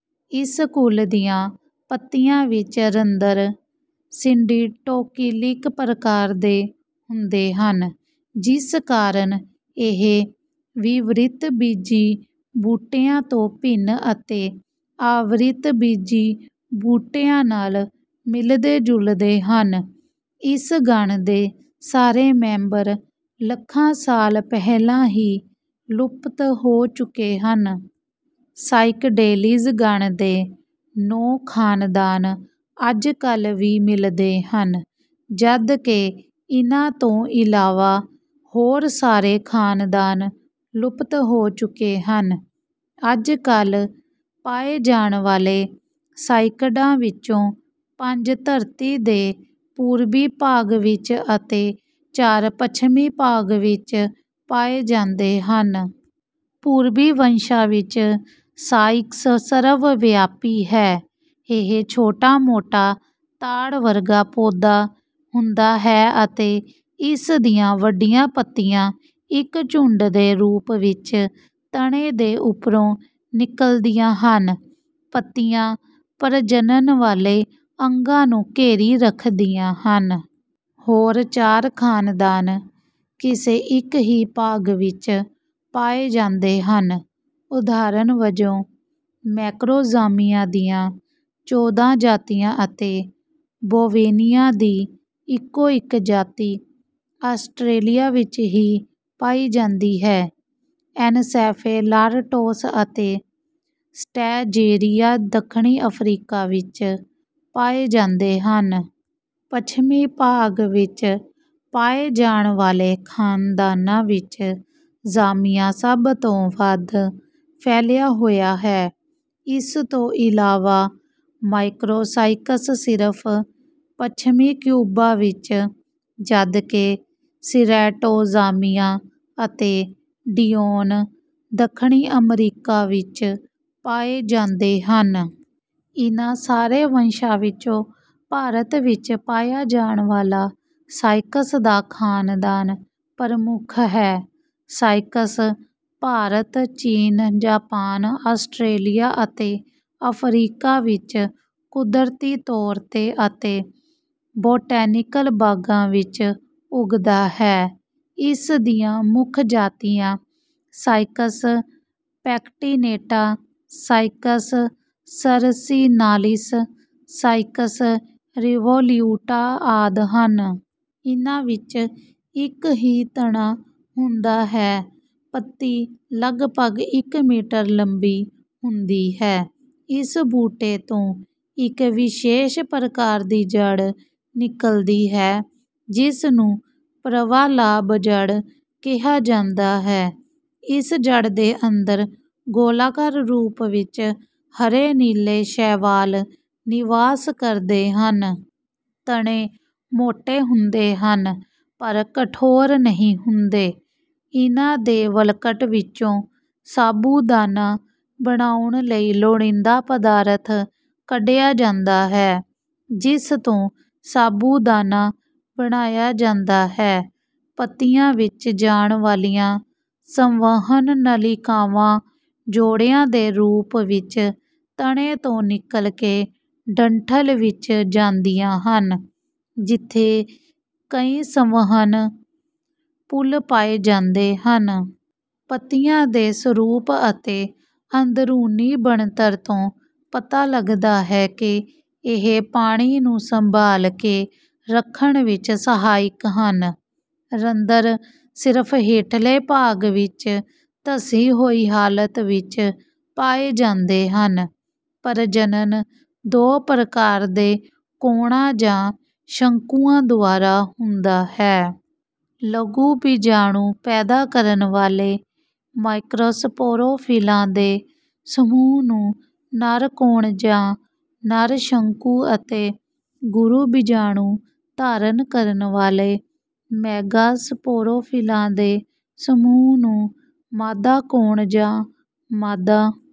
ਇਸ ਕੁਲ ਦੀਆਂ ਪੱਤੀਆਂ ਵਿੱਚ ਰੰਧਰ ਸਿੰਡੀਟੋਕੀਲਿਕ ਪ੍ਰਕਾਰ ਦੇ ਹੁੰਦੇ ਹਨ, ਜਿਸ ਕਾਰਨ ਇਹ ਵਿਵ੍ਰਿਤਬੀਜੀ ਬੂਟਿਆਂ ਤੋਂ ਭਿੰਨ ਅਤੇ ਆਵ੍ਰਿਤਬੀਜੀ ਬੂਟਿਆਂ ਨਾਲ ਮਿਲਦੇ-ਜੁਲਦੇ ਹਨ। ਇਸ ਗਣ ਦੇ ਸਾਰੇ ਮੈਂਬਰ ਲੱਖਾਂ ਸਾਲ ਪਹਿਲਾਂ ਹੀ ਲੁਪਤ ਹੋ ਚੁੱਕੇ ਹਨ। ਸਾਇਕਡੇਲੀਜ਼ ਗਣ ਦੇ ਨੌਂ ਖ਼ਾਨਦਾਨ ਅੱਜਕੱਲ੍ਹ ਵੀ ਮਿਲਦੇ ਹਨ, ਜਦਕਿ ਇਨ੍ਹਾਂ ਤੋਂ ਇਲਾਵਾ ਹੋਰ ਸਾਰੇ ਖ਼ਾਨਦਾਨ ਲੁਪਤ ਹੋ ਚੁੱਕੇ ਹਨ। ਅੱਜਕੱਲ੍ਹ ਪਾਏ ਜਾਣ ਵਾਲੇ ਸਾਇਕਡਾਂ ਵਿੱਚੋਂ ਪੰਜ ਧਰਤੀ ਦੇ ਪੂਰਬੀ ਭਾਗ ਵਿੱਚ ਅਤੇ ਚਾਰ ਪੱਛਮੀ ਭਾਗ ਵਿੱਚ ਪਾਏ ਜਾਂਦੇ ਹਨ। ਪੂਰਬੀ ਵੰਸ਼ਾਂ ਵਿੱਚ ਸਾਇਕਸ ਸਰਵਵਿਆਪੀ ਹੈ। ਇਹ ਛੋਟਾ-ਮੋਟਾ ਤਾੜ ਵਰਗਾ ਪੌਧਾ ਹੁੰਦਾ ਹੈ ਅਤੇ ਇਸ ਦੀਆਂ ਵੱਡੀਆਂ ਪੱਤੀਆਂ ਇੱਕ ਝੁੰਡ ਦੇ ਰੂਪ ਵਿੱਚ ਤਣੇ ਦੇ ਉੱਪਰੋਂ ਨਿਕਲਦੀਆਂ ਹਨ। ਪੱਤੀਆਂ ਪ੍ਰਜਨਨ ਵਾਲੇ ਅੰਗਾਂ ਨੂੰ ਘੇਰੀ ਰੱਖਦੀਆਂ ਹਨ। ਹੋਰ ਚਾਰ ਖ਼ਾਨਦਾਨ ਕਿਸੇ ਇੱਕ ਹੀ ਭਾਗ ਵਿੱਚ ਪਾਏ ਜਾਂਦੇ ਹਨ। ਉਦਾਹਰਨ ਵਜੋਂ, ਮੈਕਰੋਜ਼ਾਮੀਆ ਦੀਆਂ ਚੌਦਾ ਜਾਤੀਆਂ ਅਤੇ ਬੋਵੇਨੀਆ ਦੀ ਇੱਕੋ-ਇੱਕ ਜਾਤੀ ਆਸਟ੍ਰੇਲੀਆ ਵਿੱਚ ਹੀ ਪਾਈ ਜਾਂਦੀ ਹੈ। ਐਨਸੈਫੈਲਾਰਟੋਸ ਅਤੇ ਸਟੈਂਜੇਰੀਆ ਦੱਖਣੀ ਅਫ਼ਰੀਕਾ ਵਿੱਚ ਪਾਏ ਜਾਂਦੇ ਹਨ। ਪੱਛਮੀ ਭਾਗ ਵਿੱਚ ਪਾਏ ਜਾਣ ਵਾਲੇ ਖ਼ਾਨਦਾਨਾਂ ਵਿੱਚ ਜ਼ਾਮੀਆ ਸਭ ਤੋਂ ਵੱਧ ਫੈਲਿਆ ਹੋਇਆ ਹੈ। ਇਸ ਤੋਂ ਇਲਾਵਾ, ਮਾਈਕ੍ਰੋਸਾਇਕਸ ਸਿਰਫ਼ ਪੱਛਮੀ ਕਿਊਬਾ ਵਿੱਚ, ਜਦਕਿ ਸਿਰੈਟੋਜ਼ਾਮੀਆ ਅਤੇ ਡਿਓਨ ਦੱਖਣੀ ਅਮਰੀਕਾ ਵਿੱਚ ਪਾਏ ਜਾਂਦੇ ਹਨ। ਇਨ੍ਹਾਂ ਸਾਰੇ ਵੰਸ਼ਾਂ ਵਿੱਚੋਂ ਭਾਰਤ ਵਿੱਚ ਵੀ ਪਾਇਆ ਜਾਣ ਵਾਲਾ ਸਾਇਕਸ ਦਾ ਖ਼ਾਨਦਾਨ ਪ੍ਰਮੁੱਖ ਹੈ। ਸਾਇਕਸ ਭਾਰਤ, ਚੀਨ, ਜਾਪਾਨ, ਆਸਟ੍ਰੇਲੀਆ ਅਤੇ ਅਫ਼ਰੀਕਾ ਵਿੱਚ ਕੁਦਰਤੀ ਤੌਰ ’ਤੇ ਅਤੇ ਬੋਟੈਨਿਕਲ ਬਾਗਾਂ ਵਿੱਚ ਉੱਗਦਾ ਹੈ। ਇਸ ਦੀਆਂ ਮੁੱਖ ਜਾਤੀਆਂ ਸਾਇਕਸ ਪੈਕਟੀਨੇਟਾ, ਸਾਇਕਸ ਸਰਸਿਨਾਲਿਸ, ਸਾਇਕਸ ਰਿਵੋਲਿਊਟਾ ਆਦਿ ਹਨ। ਇਨ੍ਹਾਂ ਵਿੱਚ ਇੱਕ ਹੀ ਤਣਾ ਹੁੰਦਾ ਹੈ। ਪੱਤੀ ਲਗਭਗ ਇੱਕ ਮੀਟਰ ਲੰਬੀ ਹੁੰਦੀ ਹੈ। ਇਸ ਬੂਟੇ ਤੋਂ ਇੱਕ ਵਿਸ਼ੇਸ਼ ਪ੍ਰਕਾਰ ਦੀ ਜੜ ਨਿਕਲਦੀ ਹੈ, ਜਿਸ ਨੂੰ ਪ੍ਰਵਾਲਾਭ ਜੜ ਕਿਹਾ ਜਾਂਦਾ ਹੈ। ਇਸ ਜੜ ਦੇ ਅੰਦਰ ਗੋਲਾਕਾਰ ਰੂਪ ਵਿੱਚ ਹਰੇ-ਨੀਲੇ ਸ਼ੈਵਾਲ ਨਿਵਾਸ ਕਰਦੇ ਹਨ। ਤਣੇ ਮੋਟੇ ਹੁੰਦੇ ਹਨ, ਪਰ ਕਠੋਰ ਨਹੀਂ ਹੁੰਦੇ। ਇਨ੍ਹਾਂ ਦੇ ਵਲਕਟ ਵਿੱਚੋਂ ਸਾਬੂਦਾਨਾ ਬਣਾਉਣ ਲਈ ਲੋੜੀਂਦਾ ਪਦਾਰਥ ਕੱਢਿਆ ਜਾਂਦਾ ਹੈ, ਜਿਸ ਤੋਂ ਸਾਬੂਦਾਨਾ ਬਣਾਇਆ ਜਾਂਦਾ ਹੈ। ਪੱਤੀਆਂ ਵਿੱਚ ਜਾਣ ਵਾਲੀਆਂ ਸੰਵਹਨ ਨਲਿਕਾਵਾਂ ਜੋੜਿਆਂ ਦੇ ਰੂਪ ਵਿੱਚ ਤਣੇ ਤੋਂ ਨਿਕਲ ਕੇ ਡੰਠਲ ਵਿੱਚ ਜਾਂਦੀਆਂ ਹਨ, ਜਿੱਥੇ ਕਈ ਸੰਵਹਨ ਪੁੱਲ ਪਾਏ ਜਾਂਦੇ ਹਨ। ਪੱਤੀਆਂ ਦੇ ਸਰੂਪ ਅਤੇ ਅੰਦਰੂਨੀ ਬਣਤਰ ਤੋਂ ਪਤਾ ਲੱਗਦਾ ਹੈ ਕਿ ਇਹ ਪਾਣੀ ਨੂੰ ਸੰਭਾਲ ਕੇ ਰੱਖਣ ਵਿੱਚ ਸਹਾਇਕ ਹਨ। ਰੰਧਰ ਸਿਰਫ਼ ਹੇਠਲੇ ਭਾਗ ਵਿੱਚ ਧੱਸੀ ਹੋਈ ਹਾਲਤ ਵਿੱਚ ਪਾਏ ਜਾਂਦੇ ਹਨ। ਪ੍ਰਜਨਨ ਦੋ ਪ੍ਰਕਾਰ ਦੇ ਕੋਣਾਂ ਜਾਂ ਸ਼ੰਕੂਆਂ ਦੁਆਰਾ ਹੁੰਦਾ ਹੈ। ਲਘੂ ਬੀਜਾਣੂ ਪੈਦਾ ਕਰਨ ਵਾਲੇ ਮਾਈਕ੍ਰੋਸਪੋਰੋਫ਼ਿਲਾਂ ਦੇ ਸਮੂਹ ਨੂੰ ਨਰ ਕੋਣ ਜਾਂ ਨਰ ਸ਼ੰਕੂ ਅਤੇ ਗੁਰੂ ਬੀਜਾਣੂ ਧਾਰਨ ਕਰਨ ਵਾਲੇ ਮੈਗਾਸਪੋਰੋਫ਼ਿਲਾਂ ਦੇ ਸਮੂਹ ਨੂੰ ਮਾਦਾ ਕੋਣ ਜਾਂ ਮਾਦਾ